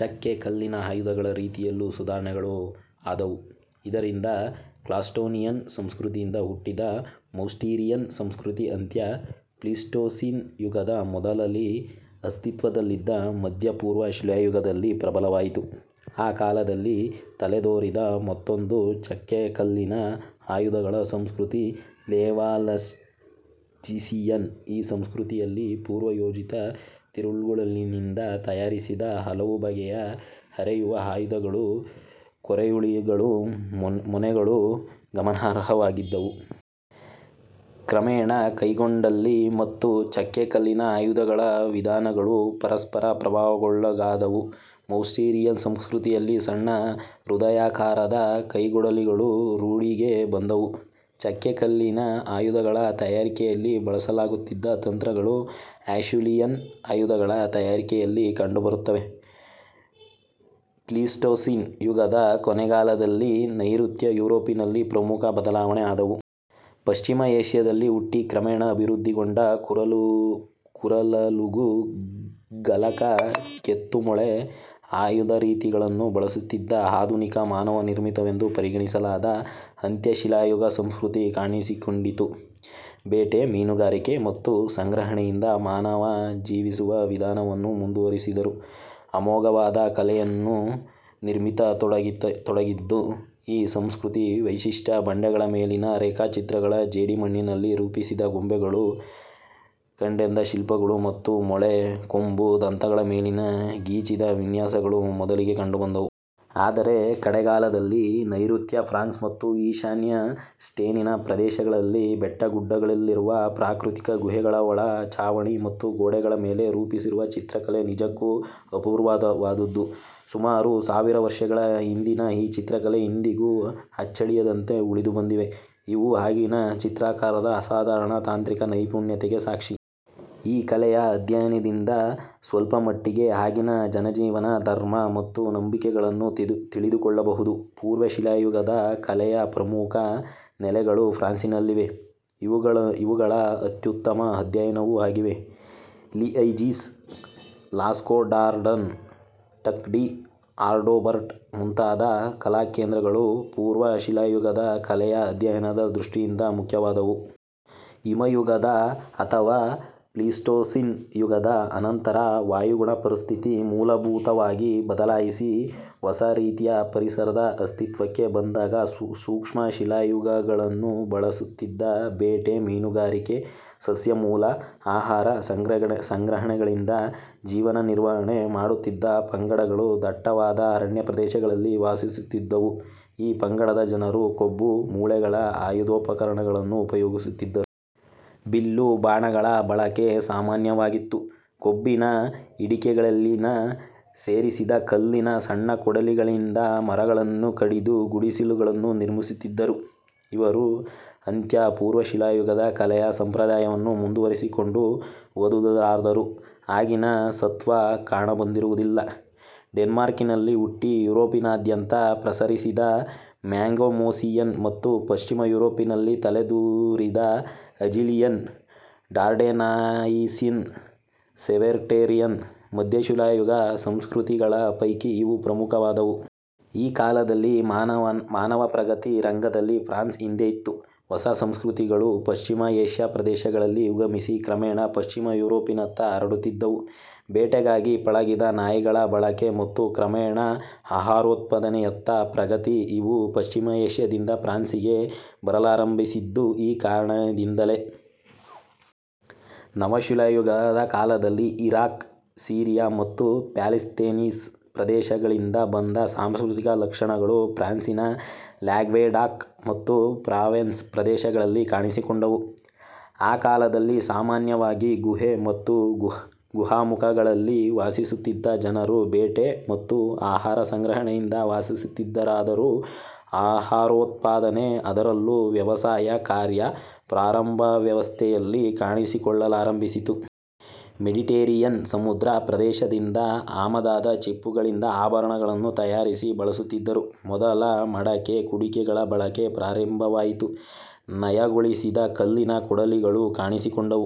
ಚಕ್ಕೆ ಕಲ್ಲಿನ ಆಯುಧಗಳ ರೀತಿಯಲ್ಲೂ ಸುಧಾರಣೆಗಳು ಆದುವು. ಇದರಿಂದ ಕ್ಲಾಕ್ಟೋನಿಯನ್ ಸಂಸ್ಕೃತಿಯಿಂದ ಹುಟ್ಟಿದ ಮೌಸ್ಟೀರಿಯನ್ ಸಂಸ್ಕೃತಿ ಅಂತ್ಯ ಪ್ಲೀಸ್ಟೋಸೀನ್ ಯುಗದ ಮೊದಲಲ್ಲಿ ಅಸ್ತಿತ್ವದಲ್ಲಿದ್ದ ಮಧ್ಯ-ಪೂರ್ವ ಶಿಲಾಯುಗದಲ್ಲಿ ಪ್ರಬಲವಾಯಿತು. ಆ ಕಾಲದಲ್ಲಿ ತಲೆದೋರಿದ ಮತ್ತೊಂದು ಚಕ್ಕೆಕಲ್ಲಿನ ಆಯುಧಗಳ ಸಂಸ್ಕೃತಿ ಲೆವಾಲ್ವಾಸಿಯನ್, ಈ ಸಂಸ್ಕೃತಿಯಲ್ಲಿ ಪೂರ್ವಯೋಜಿತ ತಿರುಳ್ಗಲ್ಲಿನಿಂದ ತಯಾರಿಸಿದ ಹಲವು ಬಗೆಯ ಹೆರೆಯುವ ಆಯುಧಗಳು, ಕೊರೆಯುಳಿಗಳು ಮೊನೆಗಳು ಗಮನಾರ್ಹವಾಗಿದ್ದುವು. ಕ್ರಮೇಣ ಕೈಕೊಡಲಿ ಮತ್ತು ಚಕ್ಕೆ ಕಲ್ಲಿನ ಆಯುಧಗಳ ವಿಧಾನಗಳು ಪರಸ್ಪರ ಪ್ರಭಾವಕ್ಕೊಳಗಾದುವು. ಮೌಸ್ಟೀರಿಯನ್ ಸಂಸ್ಕೃತಿಯಲ್ಲಿ ಸಣ್ಣ ಹೃದಯಾಕಾರದ ಕೈಕೊಡಲಿಗಳು ರೂಢಿಗೆ ಬಂದುವು. ಚಕ್ಕೆಕಲ್ಲಿನ ಆಯುಧಗಳ ತಯಾರಿಕೆಯಲ್ಲಿ ಬಳಸಲಾಗುತ್ತಿದ್ದ ತಂತ್ರಗಳು ಅಷ್ಯೂಲಿಯನ್ ಆಯುಧಗಳ ತಯಾರಿಕೆಯಲ್ಲಿ ಕಂಡುಬರುತ್ತವೆ. ಪ್ಲೀಸ್ಟೋಸೀನ್ ಯುಗದ ಕೊನೆಗಾಲದಲ್ಲಿ ನೈಋತ್ಯ ಯುರೋಪಿನಲ್ಲಿ ಪ್ರಮುಖ ಬದಲಾವಣೆಗಳು ಆದವು. ಪಶ್ಚಿಮ ಏಷ್ಯದಲ್ಲಿ ಹುಟ್ಟಿ ಕ್ರಮೇಣ ಅಭಿವೃದ್ಧಿಗೊಂಡ ಕೂರಲಗು ಫಲಕ ಕೆತ್ತುಮೊಳೆ ಆಯುಧರೀತಿಗಳನ್ನು ಬಳಸುತ್ತಿದ್ದ ಆಧುನಿಕ ಮಾನವ ನಿರ್ಮಿತವೆಂದು ಪರಿಗಣಿಸಲಾದ ಅಂತ್ಯಶಿಲಾಯುಗ ಸಂಸ್ಕೃತಿ ಕಾಣಿಸಿಕೊಂಡಿತು. ಬೇಟೆ, ಮೀನುಗಾರಿಕೆ ಮತ್ತು ಸಂಗ್ರಹಣೆಯಿಂದ ಮಾನವ ಜೀವಿಸುವ ವಿಧಾನವನ್ನು ಮುಂದುವರಿಸಿದರೂ ಅಮೋಘವಾದ ಕಲೆಯನ್ನು ನಿರ್ಮಿಸತೊಡಗಿದ್ದು ಈ ಸಂಸ್ಕೃತಿಯ ವೈಶಿಷ್ಟ್ಯ. ಬಂಡೆಗಳ ಮೇಲಿನ ರೇಖಾ ಚಿತ್ರಗಳು, ಜೇಡಿ ಮಣ್ಣಿನಲ್ಲಿ ರೂಪಿಸಿದ ಗೊಂಬೆಗಳು, ಕಡೆದ ಶಿಲ್ಪಗಳು ಮತ್ತು ಮೂಳೆ ಕೊಂಬು ದಂತಗಳ ಮೇಲಿನ ಗೀಚಿದ ವಿನ್ಯಾಸಗಳು ಮೊದಲಿಗೆ ಕಂಡುಬರುತ್ತವೆ. ಆದರೆ ಕಡೆಗಾಲದಲ್ಲಿ ನೈಋತ್ಯ ಫ್ರಾನ್ಸ್ ಮತ್ತು ಈಶಾನ್ಯ ಸ್ಟೇನಿನ ಪ್ರದೇಶಗಳಲ್ಲಿ ಬೆಟ್ಟಗುಡ್ಡಗಳಲ್ಲಿರುವ ಪ್ರಾಕೃತಿಕ ಗುಹೆಗಳ ಒಳ ಚಾವಣಿ ಮತ್ತು ಗೋಡೆಗಳ ಮೇಲೆ ರೂಪಿಸಿರುವ ಚಿತ್ರಕಲೆ ನಿಜಕ್ಕೂ ಅಪೂರ್ವವಾದದ್ದು. ಸುಮಾರು ಸಾವಿರ ವರ್ಷಗಳ ಹಿಂದಿನ ಈ ಚಿತ್ರಕಲೆ ಇಂದಿಗೂ ಅಚ್ಚಳಿಯದಂತೆ ಉಳಿದುಬಂದಿವೆ. ಇವು ಆಗಿನ ಚಿತ್ರಕಾರರ ಅಸಾಧಾರಣ ತಾಂತ್ರಿಕ ನೈಪುಣ್ಯಕ್ಕೆ ಸಾಕ್ಷಿ. ಈ ಕಲೆಯ ಅಧ್ಯಯನದಿಂದ ಸ್ವಲ್ಪಮಟ್ಟಿಗೆ ಆಗಿನ ಜನಜೀವನ, ಧರ್ಮ ಮತ್ತು ನಂಬಿಕೆಗಳನ್ನು ತಿಳಿದುಕೊಳ್ಳಬಹುದು. ಪೂರ್ವಶಿಲಾಯುಗದ ಕಲೆಯ ಪ್ರಮುಖ ನೆಲೆಗಳು ಫ್ರಾನ್ಸಿನಲ್ಲಿವೆ. ಇವುಗಳ ಅತ್ಯುತ್ತಮ ಅಧ್ಯಯನವೂ ಆಗಿವೆ. ಲಿಐಜೀಸ್, ಲಾಸ್ಕೊಡಾರ್ಡಾನ್, ಟಕ್ ಡಿ ಅಡೋಬರ್ಟ್ ಮುಂತಾದ ಕಲಾ ಕೇಂದ್ರಗಳು ಪೂರ್ವ ಶಿಲಾಯುಗದ ಕಲೆಯ ಅಧ್ಯಯನ ದೃಷ್ಟಿಯಿಂದ ಮುಖ್ಯವಾದವು. ಹಿಮಯುಗದ ಅಥವಾ ಪ್ಲೀಸ್ಟೋಸೀನ್ ಯುಗದ ಅನಂತರ ವಾಯುಗುಣ ಪರಿಸ್ಥಿತಿ ಮೂಲಭೂತವಾಗಿ ಬದಲಾಯಿಸಿ ಹೊಸರೀತಿಯ ಪರಿಸರ ಅಸ್ತಿತ್ವಕ್ಕೆ ಬಂದಾಗ ಸೂಕ್ಷ್ಮ ಶಿಲಾಯುಧಗಳನ್ನು ಬಳಸುತ್ತಿದ್ದ ಬೇಟೆ ಮೀನುಗಾರಿಕೆ ಸಸ್ಯಮೂಲ ಆಹಾರ ಸಂಗ್ರಹಣೆಗಳಿಂದ ಜೀವನ ನಿರ್ವಹಣೆ ಮಾಡುತ್ತಿದ್ದ ಪಂಗಡಗಳು ದಟ್ಟವಾದ ಅರಣ್ಯಪ್ರದೇಶಗಳಲ್ಲಿ ವಾಸಿಸುತ್ತಿದ್ದುವು. ಈ ಪಂಗಡದ ಜನರು ಕೊಂಬು ಮೂಳೆಗಳ ಆಯುಧೋಪಕರಣಗಳನ್ನು ಉಪಯೋಗಿಸುತ್ತಿದ್ದರು. ಬಿಲ್ಲು ಬಾಣಗಳ ಬಳಕೆ ಸಾಮಾನ್ಯವಾಗಿತ್ತು. ಕೊಂಬಿನ ಹಿಡಿಕೆಗಳಲ್ಲಿ ಸೇರಿಸಿದ ಕಲ್ಲಿನ ಸಣ್ಣಕೊಡಲಿಗಳಿಂದ ಮರಗಳನ್ನು ಕಡಿದು ಗುಡಿಸಿಲುಗಳನ್ನು ನಿರ್ಮಿಸುತ್ತಿದ್ದರು. ಇವರು ಅಂತ್ಯ ಪೂರ್ವಶಿಲಾಯುಗದ ಕಲೆಯ ಸಂಪ್ರದಾಯವನ್ನು ಮುಂದುವರಿಸಿಕೊಂಡು ಹೋದರಾದರೂ ಆಗಿನ ಸತ್ತ್ವ ಕಾಣಬರುವುದಿಲ್ಲ. ಡೆನ್ಮಾರ್ಕಿನಲ್ಲಿ ಹುಟ್ಟಿ ಯೂರೊಪಿನಾದ್ಯಂತ ಪ್ರಸರಿಸಿದ ಮ್ಯಾಗೆಮೋಸಿಯಸ್ ಮತ್ತು ಪಶ್ಚಿಮ ಯುರೋಪಿನಲ್ಲಿ ತಲೆದೋರಿದ ಅಜಿಲಿಯನ್ ಟಾರ್ಡೆನಾಯಿಸಿನ್, ಸವೆಟೆರ್ರಿಯನ್ ಮಧ್ಯಶಿಲಾಯುಗ ಸಂಸ್ಕೃತಿಗಳ ಪೈಕಿ ಇವು ಪ್ರಮುಖವಾದವು. ಆ ಕಾಲದಲ್ಲಿ ಮಾನವ ಪ್ರಗತಿ ರಂಗದಲ್ಲಿ ಫ್ರಾನ್ಸ್ ಹಿಂದೆ ಬಿತ್ತು. ಹೊಸ ಸಂಸ್ಕೃತಿಗಳು ಪಶ್ಚಿಮ ಏಷ್ಯ ಪ್ರದೇಶಗಳಲ್ಲಿ ಉಗಮಿಸಿ ಕ್ರಮೇಣ ಪಶ್ಚಿಮ ಯೂರೋಪಿನತ್ತ ಹರಡುತ್ತಿದ್ದುವು. ಬೇಟೆಗಾಗಿ ಪಳಗಿದ ನಾಯಿಗಳ ಬಳಕೆ ಮತ್ತು ಕ್ರಮೇಣ ಆಹಾರೋತ್ಪಾದನೆಯತ್ತ ಪ್ರಗತಿ, ಇವು ಪಶ್ಚಿಮ ಏಷ್ಯದಿಂದ ಫ್ರಾನ್ಸಿಗೆ ಬರಲಾರಂಭಿಸಿದ್ದು ಈ ಕಾರಣದಿಂದಲೇ. ನವಶಿಲಾಯುಗ ಕಾಲದಲ್ಲಿ ಇರಾಕ್, ಸಿರಿಯ ಮತ್ತು ಪ್ಯಾಲಸ್ತೀನ್ ಪ್ರದೇಶಗಳಿಂದ ಬಂದ ಸಾಂಸ್ಕೃತಿಕ ಲಕ್ಷಣಗಳು ಫ್ರಾನ್ಸಿನ ಲ್ಯಾಂಗ್ವೆಡಾಕ್ ಮತ್ತು ಪ್ರಾವೆನ್ಸ್ ಪ್ರದೇಶಗಳಲ್ಲಿ ಕಾಣಿಸಿಕೊಂಡವು. ಆ ಕಾಲದಲ್ಲಿ ಸಾಮಾನ್ಯವಾಗಿ ಗುಹೆ ಮತ್ತು ಗುಹಾಮುಖಗಳಲ್ಲಿ ವಾಸಿಸುತ್ತಿದ್ದ ಜನರು ಬೇಟೆ ಮತ್ತು ಆಹಾರಸಂಗ್ರಹಣೆಯಿಂದ ವಾಸಿಸುತ್ತಿದ್ದರಾದರೂ ಆಹಾರೋತ್ಪಾದನೆ ಅದರಲ್ಲೂ ವ್ಯವಸಾಯ ಕಾರ್ಯ ಪ್ರಾರಂಭಾವಸ್ಥೆಯಲ್ಲಿ ಕಾಣಿಸಿಕೊಳ್ಳಲಾರಂಭಿಸಿತು. ಮೆಡಿಟೆರೇನಿಯನ್ ಸಮುದ್ರ ಪ್ರದೇಶದಿಂದ ಆಮದಾದ ಚಿಪ್ಪುಗಳಿಂದ ಆಭರಣಗಳನ್ನು ತಯಾರಿಸಿ ಬಳಸುತ್ತಿದ್ದರು. ಮೊದಲ ಮಡಕೆ-ಕುಡಿಕೆಗಳ ಬಳಕೆ ಪ್ರಾರಂಭವಾಯಿತು. ನಯಗೊಳಿಸಿದ ಕಲ್ಲಿನ ಕೊಡಲಿಗಳು ಕಾಣಿಸಿಕೊಂಡವು.